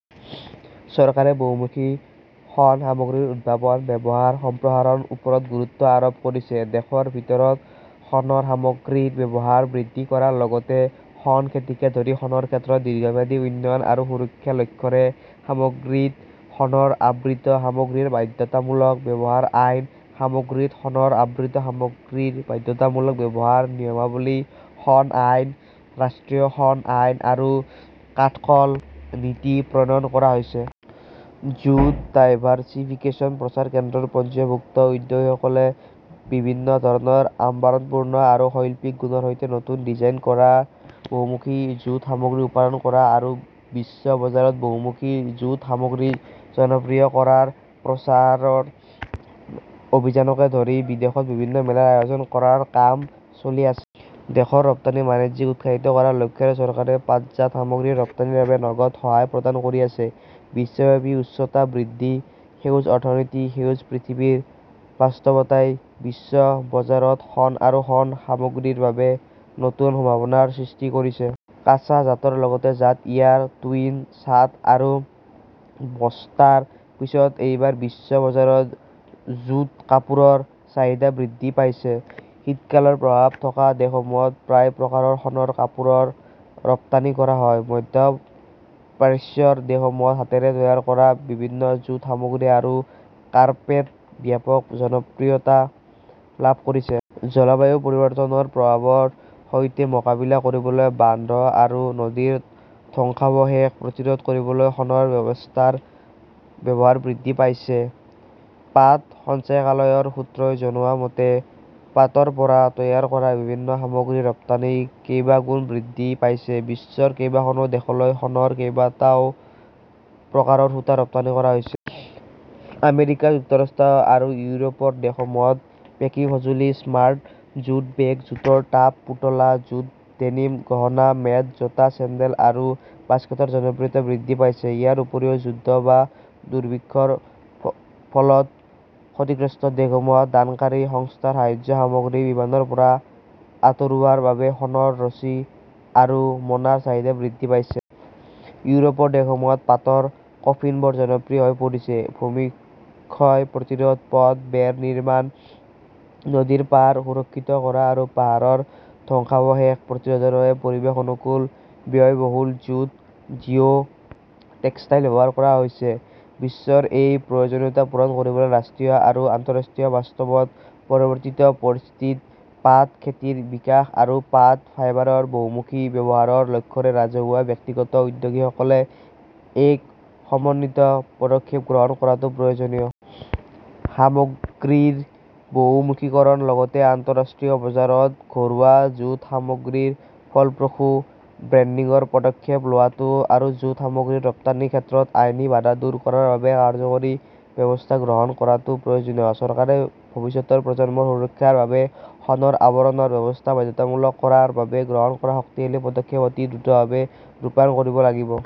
চৰকাৰে বহুমুখী শণ সামগ্ৰীৰ উদ্ভাৱন, ব্যৱহাৰ সম্প্ৰসাৰণৰ ওপৰত গুৰুত্ব আৰোপ কৰিছে। দেশৰ ভিতৰত শণৰ সামগ্ৰীৰ ব্যৱহাৰ বৃদ্ধি কৰাৰ লগতে শণ খেতিকে ধৰি শণৰ ক্ষেত্ৰৰ দীৰ্ঘম্যাদী উন্নয়ন আৰু সুৰক্ষাৰ লক্ষ্যৰে 'সামগ্ৰীত শণৰ আবৃত সামগ্ৰীৰ বাধ্যতামূলক ব্যৱহাৰ আইন,' 'সামগ্ৰীত শণৰ আবৃত সামগ্ৰীৰ বাধ্যতামূলক ব্যৱহাৰ নিয়মাৱলী, ', 'শণ আইন, ', 'ৰাষ্ট্ৰীয় শণ আইন, ' আৰু 'কাঠক'ল নীতি,' প্ৰণয়ন কৰা হৈছে। জুট ডাইভাৰ্ছিফিকেচন প্ৰচাৰ কেন্দ্ৰৰ পঞ্জীয়নভুক্ত উদ্যোগীসকলে বিভিন্ন ধৰণৰ আড়ম্বৰপূৰ্ণ আৰু শৈল্পিক গুণৰ সৈতে নতুন ডিজাইন কৰা বহুমুখী জুট সামগ্ৰী উৎপাদন কৰা আৰু বিশ্ব বজাৰত বহুমুখী জুট সামগ্ৰী জনপ্ৰিয় কৰাৰ প্ৰচাৰ অভিযানকে ধৰি বিদেশত বিভিন্ন মেলাৰ আয়োজন কৰাৰ কাম চলি আছ দেশৰ ৰপ্তানি বাণিজ্যক উৎসাহিত কৰাৰ লক্ষ্যৰে চৰকাৰে পাটজাত সামগ্ৰীৰ ৰপ্তানিৰ বাবে নগদ সহায় প্ৰদান কৰি আছে। বিশ্বব্যাপী উষ্ণতা বৃদ্ধি, সেউজ অৰ্থনীতি, সেউজ পৃথিৱীৰ বাস্তৱতাই বিশ্ব বজাৰত শণ আৰু শণ সামগ্ৰীৰ বাবে নতুন সম্ভাৱনাৰ সৃষ্টি কৰিছে। কাঁচা জাটৰ লগতে জাট ইয়াৰ, টুইন, চাট আৰু বস্তাৰ পিছত এইবাৰ বিশ্ব বজাৰত জুট কাপোৰৰ চাহিদা বৃদ্ধি পাইছে। শীতকালৰ প্ৰভাৱ থকা দেশসমূহত প্ৰায় প্ৰকাৰৰ শণৰ কাপোৰ ৰপ্তানি কৰা হয়। মধ্য প্ৰাচ্যৰ দেশসমূহত হাতেৰে তৈয়াৰ কৰা বিভিন্ন জুট সামগ্ৰী আৰু কাৰ্পেট ব্যাপক জনপ্ৰিয়তা লাভ কৰিছে। জলবায়ু পৰিৱৰ্তনৰ প্ৰভাৱৰ সৈতে মোকাবিলা কৰিবলৈ বান্ধ আৰু নদীৰ ধ্বংসাৱশেষ প্ৰতিৰোধ কৰিবলৈ শণৰ বস্তাৰ ব্যৱহাৰ বৃদ্ধি পাইছে। পাট সঞ্চালকালয়ৰ সূত্ৰই জনোৱা মতে, পাটৰ পৰা তৈয়াৰ কৰা বিভিন্ন সামগ্ৰীৰ ৰপ্তানি কেইবাগুণ বৃদ্ধি পাইছে। বিশ্বৰ কেইবাখনো দেশলৈ শণৰ কেইবটাও প্ৰকাৰৰ সূতা ৰপ্তানি কৰা হৈছে। আমেৰিকা যুক্তৰাষ্ট্ৰ আৰু ইউৰোপৰ দেশসমূহত পেকিং সঁজুলি, স্মাৰ্ট জুট বেগ, জুটৰ টাব, পুতলা, জুট ডেনিম, গহনা, মেট, জোতা, চেণ্ডেল আৰু বাস্কেটৰ জনপ্ৰিয়তা বৃদ্ধি পাইছে। ইয়াৰ উপৰিও যুদ্ধ বা দুৰ্ভিক্ষৰ ফলত ক্ষতিগ্ৰস্ত দেশসমূহত দানকাৰী সংস্থাৰ সাহায্য সামগ্ৰী বিমানৰ পৰা আঁতৰোৱাৰ বাবে শণৰ ৰছী আৰু মোনাৰ চাহিদা বৃদ্ধি পাইছে। ইউৰোপৰ দেশসমূহত পাটৰ কফিনবোৰ জনপ্ৰিয় হৈ পৰিছে। ভূমিক্ষয় প্ৰতিৰোধ, পথ, বেৰ নিৰ্মাণ, নদীৰ পাৰ সুৰক্ষিত কৰা আৰু পাহাৰৰ ধ্বংসাৱশেষ প্ৰতিৰোধৰ বাবে পৰিৱেশ-অনুকূল, ব্যয়বহুল জুট জিঅ'টেক্সটাইল ব্যৱহাৰ কৰা হৈছে। বিশ্বৰ এই প্ৰয়োজনীয়তা পূৰণ কৰিবলৈ, ৰাষ্ট্ৰীয় আৰু আন্তঃৰাষ্ট্ৰীয় বাস্তৱত, পৰিৱৰ্তিত পৰিস্থিতিত পাট খেতিৰ বিকাশ আৰু পাট ফাইবাৰৰ বহুমুখী ব্যৱহাৰৰ লক্ষ্যৰে ৰাজহুৱা-ব্যক্তিগত উদ্যোগীসকলে এক সমন্বিত পদক্ষেপ গ্ৰহণ কৰাটো প্ৰয়োজনীয়। সামগ্ৰীৰ বহুমুখীকৰণৰ লগতে আন্তঃৰাষ্ট্ৰীয় বজাৰত ঘৰুৱা জুট সামগ্ৰীৰ ফলপ্ৰসূ ব্ৰেণ্ডিংৰ পদক্ষেপ লোৱাটো আৰু জুট সামগ্ৰীৰ ৰপ্তানিৰ ক্ষেত্ৰত আইনী বাধা দূৰ কৰাৰ বাবে কাৰ্যকৰী ব্যৱস্থা গ্ৰহণ কৰাটো প্ৰয়োজনীয়। চৰকাৰে ভৱিষ্যতৰ প্ৰজন্মৰ সুৰক্ষাৰ বাবে শণৰ আৱৰণৰ ব্যৱহাৰ বাধ্যতামূলক কৰাৰ বাবে গ্ৰহণ কৰা শক্তিশালী পদক্ষেপ অতি দ্ৰুতভাৱে ৰূপায়ণ কৰিব লাগিব।